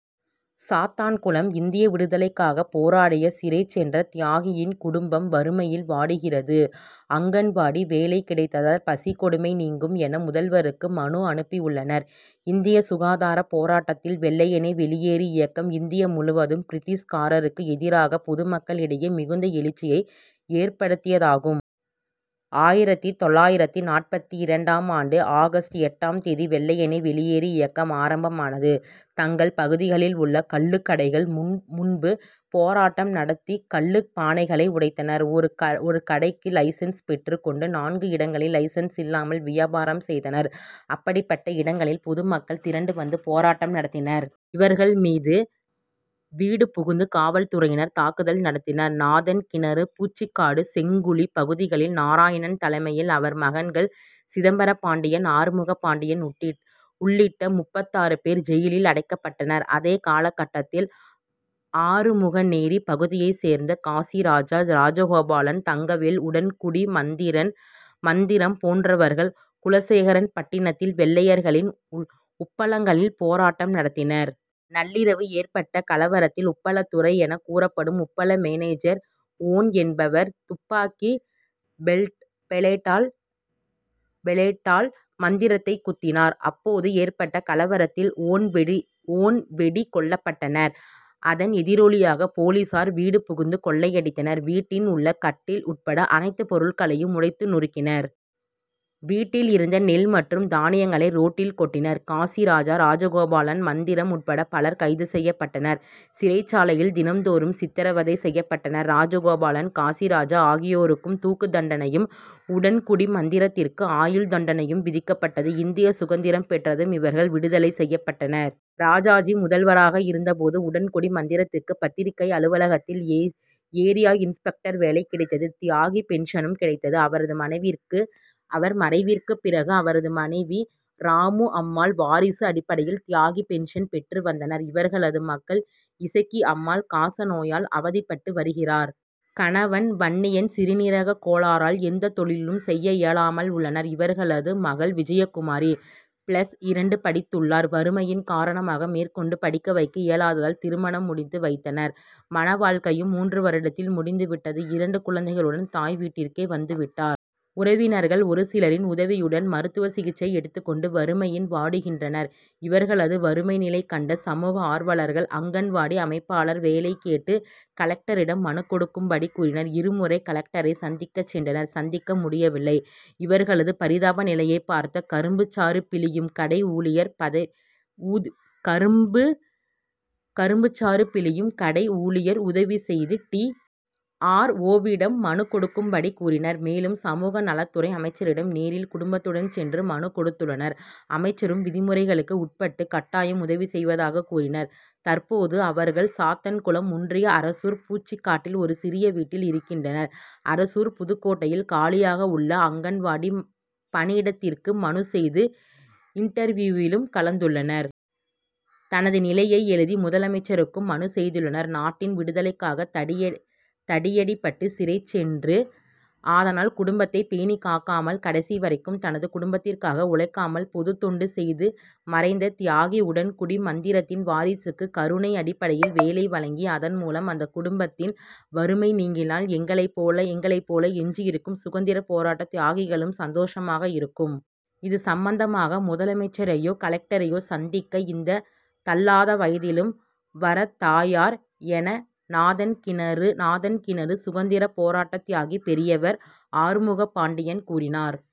சாத்தான்குளம் இந்திய விடுதலைக்காக போராடிய சிறை சென்ற தியாகியின் குடும்பம் வறுமையில் வாடுகிறது. அங்கன்வாடி வேலை கிடைத்தால் பசிக் கொடுமை நீங்கும் என முதல்வருக்கு மனு அனுப்பியுள்ளனர். இந்திய சுதந்திரப் போராட்டத்தில் வெள்ளையனே வெளியேறு இயக்கம் இந்தியா முழுவதும் பிரிட்டிஷாருக்கு எதிராக பொதுமக்களிடையே மிகுந்த எழுச்சியை ஏற்படுத்தியதாகும். ஆயிரத்து தொள்ளாயிரத்து நாற்பத்திரண்டாம் ஆண்டு ஆகஸ்டு எட்டாம் தேதி வெள்ளையனே வெளியேறு இயக்கம் ஆரம்பமானது. தங்கள் பகுதிகளில் உள்ள கள்ளுக்கடைகள் முன்பு போராட்டம் நடத்தி கள்ளுப் பானைகளை உடைத்தனர். ஒரு கடைக்கு லைசன்ஸ் பெற்றுக் கொண்டு நான்கு இடங்களில் லைசன்ஸ் இல்லாமல் வியாபாரம் செய்தனர். அப்படிப்பட்ட இடங்களில் பொதுமக்கள் திரண்டு வந்து போராட்டம் நடத்தினர். இவர்கள் மீது வீடு புகுந்து காவல்துறையினர் தாக்குதல் நடத்தினர். நாதன்கிணறு பூச்சிக்காடு செங்குழி பகுதிகளில் நாராயணன் தலைமையில் அவர் மகன்கள் சிதம்பர பாண்டியன் ஆறுமுகப் பாண்டியன் உள்ளிட்ட முப்பத்தாறு பேர் ஜெயிலில் அடைக்கப்பட்டனர். அதே காலகட்டத்தில் ஆறுமுகநேரி பகுதியைச் சேர்ந்த காசிராஜன் ராஜகோபால் தங்கவேல் உடன்குடி மந்திரம் போன்றவர்கள் குலசேகரன்பட்டிணத்தில் வெள்ளையர்களின் உப்பளங்களில் போராட்டம் நடத்தினர். நள்ளிரவு ஏற்பட்ட கலவரத்தில் உப்பளத் துரை என கூறப்படும் உப்பள மேனேஜர் வோன் என்பவர் துப்பாக்கி பேளட்டால் மந்திரத்தை குத்தினார். அப்பொழுது ஏற்பட்ட கலவரத்தில் வோன் வெட்டிக் கொல்லப்பட்டார். அதன் எதிரொலியாக போலீசார் வீடு புகுந்து கொள்ளையடித்தனர். வீட்டில் உள்ள கட்டில் உட்பட அனைத்து பொருட்களையும் உடைத்து நொறுக்கினர். வீட்டில் இருந்த நெல் மற்றும் தானியங்களை ரோட்டில் கொட்டினர். காசிராஜன் ராஜகோபால் மந்திரம் உட்பட பலர் கைது செய்யப்பட்டனர். சிறைச்சாலையில் தினந்தோறும் சித்திரவதை செய்யப்பட்டனர். ராஜகோபால் காசிராஜன் ஆகியோருக்கு தூக்குதண்டனையும் உடன்குடி மந்திரத்திற்கு ஆயுள் தண்டனையும் விதிக்கப்பட்டது. இந்தியா சுதந்திரம் பெற்றதும் இவர்கள் விடுதலை செய்யப்பட்டனர். ராஜாஜி முதல்வராக இருந்த போது உடன்குடி மந்திரத்திற்கு பத்திரிக்கை அலுவலகத்தில் ஏரியா இன்ஸ்பெக்டர் வேலை கிடைத்தது. தியாகி பென்ஷனும் கிடைத்தது. அவரது மறைவிற்குப் பிறகு அவரது மனைவி ராமு அம்மாள் வாரிசு அடிப்படையில் தியாகி பென்ஷன் பெற்று வந்தார். இவர்களது மகள் இசக்கிஅம்மாள் காசநோயால் அவதிப்பட்டு வருகிறார். கணவர் வன்னியன் சிறுநீரகக் கோளாறால் எந்த தொழிலும் செய்ய இயலாமல் உள்ளார். இவர்களது மகள் விஜயகுமாரி பிளஸ் இரண்டு படித்துள்ளார். வறுமையின் காரணமாக மேற்கொண்டு படிக்க வைக்க இயலாததால் திருமணம் முடித்து வைத்தார். மணவாழ்க்கையும் மூன்று வருடத்தில் முடிந்து விட்டது. இரண்டு குழந்தைகளுடன் தாய் வீட்டிற்கே வந்து விட்டார். உறவினர்கள் ஒருசிலரின் உதவியுடன் மருத்துவசிகிச்சை எடுத்துக் கொண்டு வறுமையில் வாடுகின்றனர். இவர்களது வறுமை நிலை கண்ட சமூக ஆர்வலர்கள் அங்கன்வாடி அமைப்பாளர் வேலை கேட்டு கலெக்டரிடம் மனு கொடுக்கும்படி கூறினர். இருமுறை கலெக்டரைச் சந்திக்கச் சென்றனர். சந்திக்க முடியவில்லை. இவர்களது பரிதாப நிலையைப் பார்த்த கரும்புச்சாறு பிழியும் கடை ஊழியர் உதவி செய்து டி. ஆர். ஓ.விடம் மனு கொடுக்கும்படி கூறினார். மேலும் சமூக நலத்துறை அமைச்சரிடம் நேரில் குடும்பத்துடன் சென்று மனு கொடுத்துள்ளார். அமைச்சரும் விதிமுறைகளுக்கு உட்பட்டு கட்டாயம் உதவிசெய்வதாகக் கூறினார். தற்போது அவர்கள் சாத்தான்குளம் ஒன்றியம் அரசூர் பூச்சிக்காட்டில் ஒரு சிறிய வீட்டில் இருக்கின்றனர். அரசூர் புதுக்கோட்டையில் காலியாக உள்ள அங்கன்வாடி பணியிடத்திற்கு மனு செய்து இண்டர்வியூவிலும் கலந்துள்ளார். தனது நிலையை எழுதி முதலமைச்சருக்கும் மனு செய்துள்ளார். நாட்டின் விடுதலைக்காக தடியடிபட்டு சிறை சென்று அதனால் குடும்பத்தைப் பேணி காக்காமல் கடைசிவரைக்கும் தனது குடும்பத்திற்காக உழைக்காமல் பொதுத் தொண்டு செய்து மறைந்த தியாகி உடன்குடி மந்திரத்தின் வாரிசுக்கு கருணை அடிப்படையில் வேலை வழங்கி அதன் மூலம் அந்த குடும்பத்தின் வறுமை நீங்கினால் எங்களைப் போல எஞ்சியிருக்கும் சுதந்திரப் போராட்ட தியாகிகளுக்கு சந்தோசமாக இருக்கும். இது சம்பந்தமாக முதலமைச்சரையோ கலெக்டரையோ சந்திக்க இந்த தள்ளாதவயதிலும் வரத் தயார் என நாதன்கிணறு சுதந்திரப் போராட்டத் தியாகி பெரியவர் ஆறுமுகப்பாண்டியன் கூறினார்.